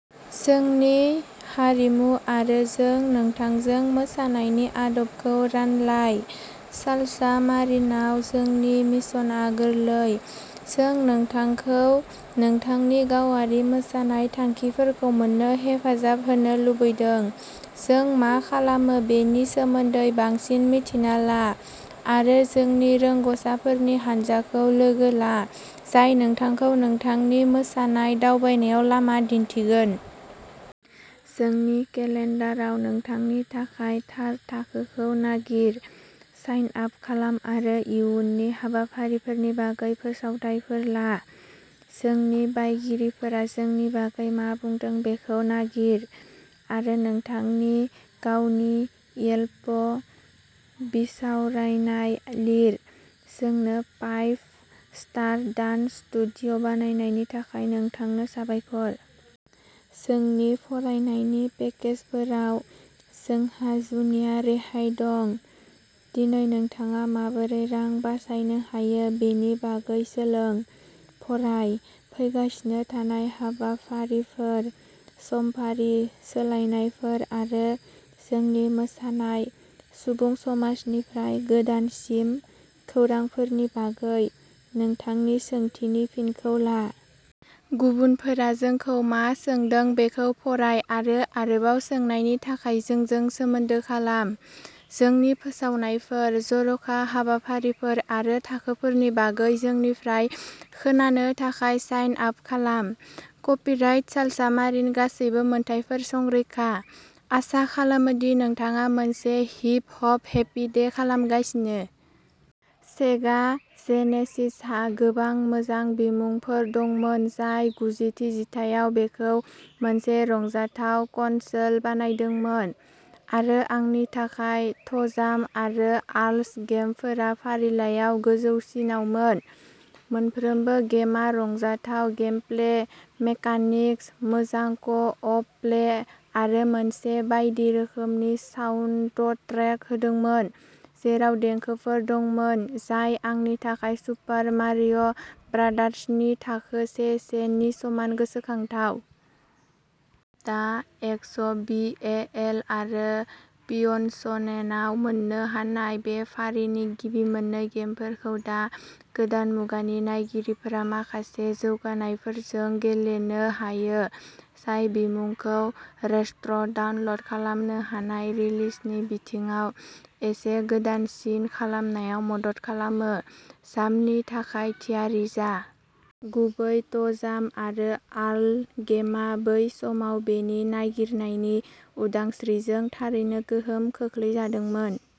जोंनि हारिमु आरो जों नोंथांजों मोसानायनि आदबखौ रानलाय! सालसा मारिनआव जोंनि मिशनआ गोरलै, जों नोंथांखौ नोंथांनि गावारि मोसानाय थांखिफोरखौ मोन्नो हेफाजाब होनो लुबैदों। जों मा खालामो बेनि सोमोन्दै बांसिन मिन्थिना ला आरो जोंनि रोंग'सारफोरनि हान्जाखौ लोगो ला। जाय नोंथांखौ नोंथांनि मोसानाय दावबायनायाव लामा दिन्थिगोन। जोंनि केलेन्डाराव नोंथांनि थाखाय थार थाखोखौ नागिर। साइन आप खालाम आरो इयुननि हाबाफारिफोरनि बागै फोसावथायफोर ला। जोंनि बायगिरिफोरा जोंनि बागै मा बुंदों बेखौ नागिर आरो नोंथांनि गावनि येल्प' बिसावरायनाय लिर। जोंनो फाइभ स्टार डान्स स्टुडिय' बानायनायनि थाखाय नोंथांनो साबायखर। जोंनि फरायनायनि पेकेजफोराव जोंहा जुनिया रेहाय दं। दिनै नोंथाङा माबोरै रां बासायनो हायो बेनि बागै सोलों, फराय। फैगासिनो थानाय हाबाफारिफोर, समफारि सोलायनायफोर आरो जोंनि मोसानाय सुबुं समाजनिफ्राय गोदानसिन खौरांफोरनि बागै नोंथांनि सोंथिनि फिनखौ ला। गुबुनफोरा जोंखौ मा सोंदों बेखौ फराय आरो आरोबाव सोंनायनि थाखाय जोंजों सोमोन्दो खालाम। जोंनि फोसावनायफोर, जर'खा हाबाफारिफोर आरो थाखोफोरनि बागै जोंनिफ्राय खोनानो थाखाय साइन आप खालाम। कपिराइट सालसामारिन गासैबो मोनथायफोर संरैखा। आसा खालामो दि नोंथाङा मोनसे हिप हप हेपि डे खालामगासिनो! सेगा जेनेसिसहा गोबां मोजां बिमुंफोर दंमोन, जाय गुजिथि जिथायाव बेखौ मोनसे रंजाथाव कनसोल बानायदोंमोन, आरो आंनि थाखाय ट'जाम आरो आर्ल गेम्सफोरा फारिलाइयाव गोजौसिनावमोन। मोनफ्रोमबो गेमआ रंजाथाव गेमप्ले मेकानिक्स, मोजां क' अप प्ले, आरो मोनसे बायदि रोखोमनि साउन्ड'ट्रेक होदोंमोन जेराव देंखोफोर दंमोन। जाय आंनि थाखाय सुपार मारिय' ब्रादार्सनि थाखो से सेनि समान गोसोखांथाव। दा एक्स' बी ए एल आरो पीअन सनेनआव मोननो हानाय। बे फारिनि गिबि मोन्नै गेमफोरखौ दा गोदान मुगानि नायगिरिफोरा माखासे जौगानायफोरजों गेलेनो हायो। जाय बिमुंखौ रेस्ट्र'डाउनल'ड खालामनो हानाय रिलिजनि बिथिङाव एसे गोदानसिन खालामनायाव मदद खालामो। जामनि थाखाय थियारि जा। गुबै ट'जाम आरो आर्ल गेमआ बै समाव बेनि नागिरनायनि उदांस्रिजों थारैनो गोहोम खोख्लैजादोंमोन।